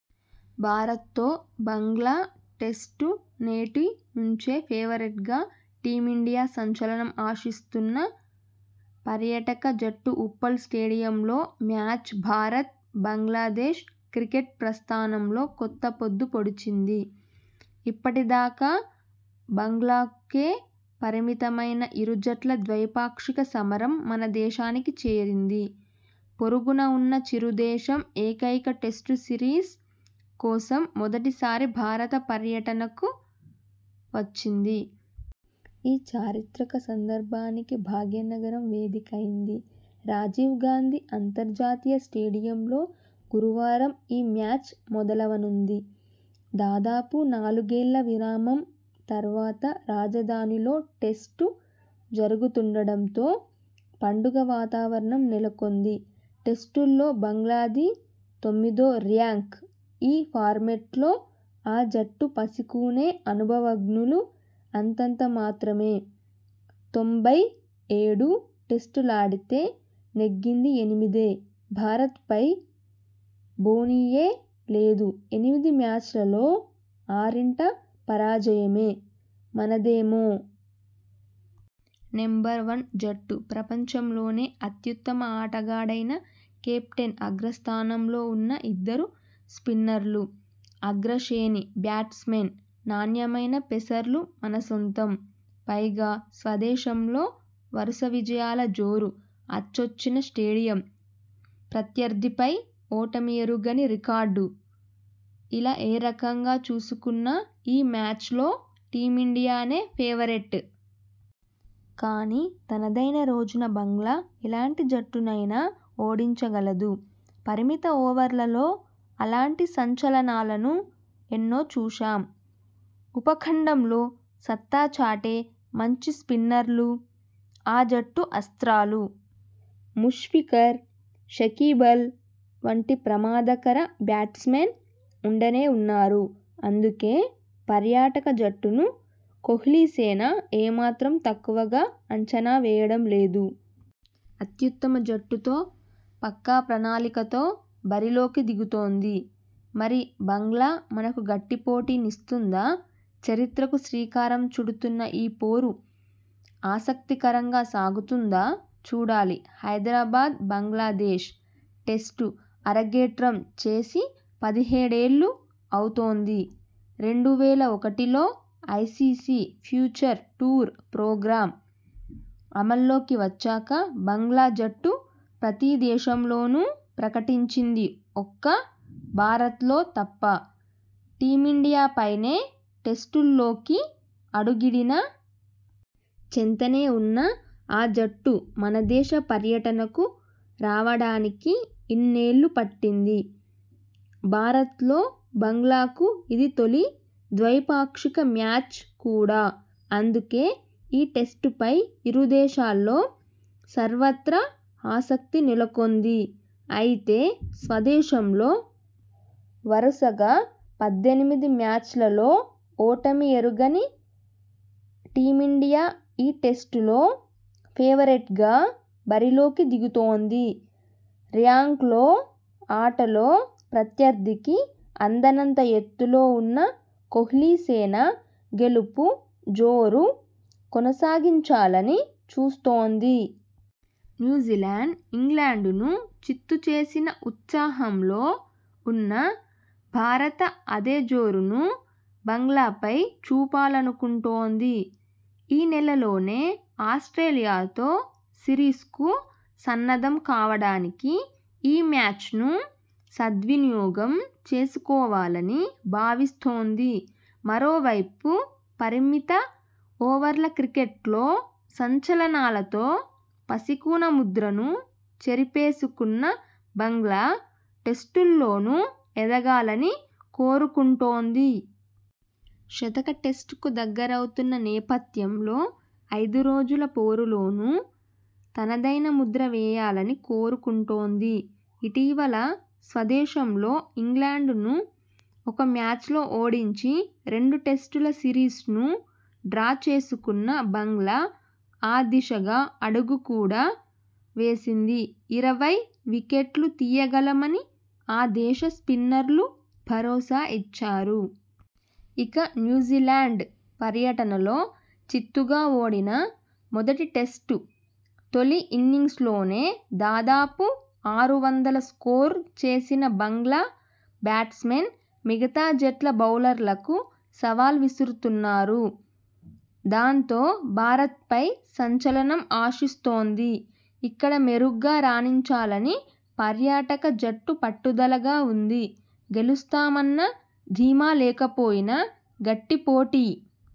భారత్తో బంగ్లా టెస్టు నేటి నుంచేఫేవరెట్గా టీమిండియాసంచలనం ఆశిస్తున్న పర్యాటక జట్టుఉప్పల్ స్టేడియంలో మ్యాచ్ భారత్ -బంగ్లాదేశ్ క్రికెట్ ప్రస్థానంలో కొత్త పొద్దు పొడిచింది! ఇప్పటిదాకా బంగ్లాకే పరిమితమైన ఇరు జట్ల 'ద్వైపాక్షిక సమరం' మనదేశానికి చేరింది. పొరుగున ఉన్న చిరు దేశం ఏకైక టెస్టు సిరీస్ కోసం మొదటిసారి భారత పర్యటనకు వచ్చింది. ఈ చారిత్రక సందర్భానికి భాగ్యనగరం వేదికైంది. రాజీవ్ గాంధీ అంతర్జాతీయ స్టేడియంలో గురువారం ఈ మ్యాచ్ మొదలవనుంది. దాదాపు నాలుగేళ్ల విరామం తర్వాత రాజధానిలో టెస్టు జరుగుతుండడంతో పండుగ వాతావరణం నెలకొంది. టెస్టుల్లో బంగ్లాది తొమ్మిదో ర్యాంక్ ఈ ఫార్మాట్లో ఆ జట్టు పసికూనే అనుభవజ్ఞులు అంతంతమాత్రమే తొంభై ఏడు టెస్టులాడితే నెగ్గింది ఎనిమిదే భారతపై బోణీయే లేదుఎనిమిది మ్యాచ్ల్లో ఆరింట పరాజయమే మనదేమో.. నెంబర్ వన్ జట్టు ప్రపంచంలోనే అత్యుత్తమ ఆటగాడైన కెప్టెన్అగ్రస్థానంలో ఉన్న ఇద్దరు స్పిన్నర్లు అగ్రశేణి బ్యాట్స్మెన్.. నాణ్యమైన పేసర్లు మనసొంతం..! పైగా, స్వదేశంలో వరుస విజయాల జోరు.. అచ్చొచ్చిన స్టేడియం.. ప్రత్యర్థిపై ఓటమి ఎరుగని రికార్డు! ఇలా ఏరకంగా చూసుకున్నా ఈ మ్యాచ్లో టీమిండియానే ఫేవరెట్! కానీ, తనదైన రోజున బంగ్లా ఎలాంటి జట్టునైనా ఓడించగలదు..! పరిమిత ఓవర్లలో అలాంటి సంచలనాలను ఎన్నో చూశాం..! ఉపఖండంలో సత్తాచాటే మంచి స్పిన్నర్లు ఆ జట్టు అస్ర్తాలు..! ముష్ఫికర్, షకీబల్ వంటి ప్రమాదకర బ్యాట్స్మెన్ ఉండనే ఉన్నారు..! అందుకే, పర్యాటక జట్టును కోహ్లీసేన ఏమాత్రం తక్కువగా అంచనా వేయడం లేదు! అత్యుత్తమ జట్టుతో, పక్కా ప్రణాళికతో బరిలోకి దిగుతోంది..! మరి, బంగ్లా మనకు గట్టి పోటీనిస్తుందా..! చరిత్రకు శ్రీకారం చుడుతున్న ఈ పోరు ఆసక్తికరంగా సాగుతుందా..! చూడాలి! హైదరాబాద్ బంగ్లాదేశ్ టెస్టు అరంగేట్రం చేసి పదిహేడేళ్లు అవుతోంది..! రెండు వేల ఒకటిలో ఐసీసీ ఫ్యూచర్ టూర్ ప్రోగ్రామ్ అమల్లోకి వచ్చాక బంగ్లా జట్టు ప్రతీదేశంలోనూ పర్యటించిందిఒక్క భారత్లో తప్ప టీమిండియాపైనే టెస్టుల్లోకి అడుగిడినా.. చెంతనే ఉన్నా.. ఆ జట్టు మనదేశ పర్యటనకు రావడానికి ఇన్నేళ్లు పట్టింది. భారత్లో బంగ్లాకు ఇది తొలి ద్వైపాక్షిక మ్యాచ్ కూడా. అందుకే, ఈ టెస్టుపై ఇరుదేశాల్లో సర్వత్రా ఆసక్తి నెలకొంది..! అయితే, స్వదేశంలో వరుసగా పద్దెనిమిది మ్యాచ్ల్లో ఓటమి ఎరుగని టీమిండియా ఈ టెస్టులో ఫేవరెట్గా బరిలోకి దిగుతోంది ర్యాంక్లో, ఆటలో ప్రత్యర్థికి అందనంత ఎత్తులో ఉన్న కోహ్లీసేన గెలుపు జోరు కొనసాగించాలని చూస్తోంది. న్యూజిలాండ్, ఇంగ్లండ్ను చిత్తు చేసిన ఉత్సాహంలో ఉన్న భారత అదే జోరును బంగ్లాపై చూపాలనుకుంటోంది. ఈ నెలలోనే ఆస్ట్రేలియాతో సిరీస్కు సన్నద్ధం కావడానికి ఈ మ్యాచ్ను సద్వినియోగం చేసుకోవాలని భావిస్తోంది. మరోవైపు, పరిమిత ఓవర్ల క్రికెట్లో సంచలనాలతో పసికూన ముద్రను చెరిపేసుకున్న బంగ్లా.. టెస్టుల్లోనూ ఎదగాలని కోరుకుంటోంది. శతక టెస్టుకు దగ్గరవుతున్న నేపథ్యంలో ఐదురోజుల పోరులోనూ తనదైన ముద్ర వేయాలని కోరుకుంటోంది. ఇటీవల స్వదేశంలో ఇంగ్లండ్ను ఒక మ్యాచ్లో ఓడించి రెండు టెస్టుల సిరీస్ను డ్రా చేసుకున్న బంగ్లా ఆ దిశగా అడుగు కూడా వేసింది. ఇరవై వికెట్లు తీయగలమని ఆ దేశ స్పిన్నర్లు భరోసా ఇచ్చారు. ఇక, న్యూజిలాండ్ పర్యటనలో చిత్తుగా ఓడినా.. మొదటి టెస్టు తొలి ఇన్నింగ్స్లోనే దాదాపు ఆరు వందల స్కోరు చేసిన బంగ్లా బ్యాట్స్మెన్.. మిగతా జట్ల బౌలర్లకు సవాల్ విసురుతున్నారు. దాంతో, భారత్పై సంచలనం ఆశిస్తోంది. ఇక్కడ మెరుగ్గా రాణించాలని పర్యాటక జట్టు పట్టుదలగా ఉంది. గెలుస్తామన్న ధీమాలేకపోయినా గట్టి పోటీ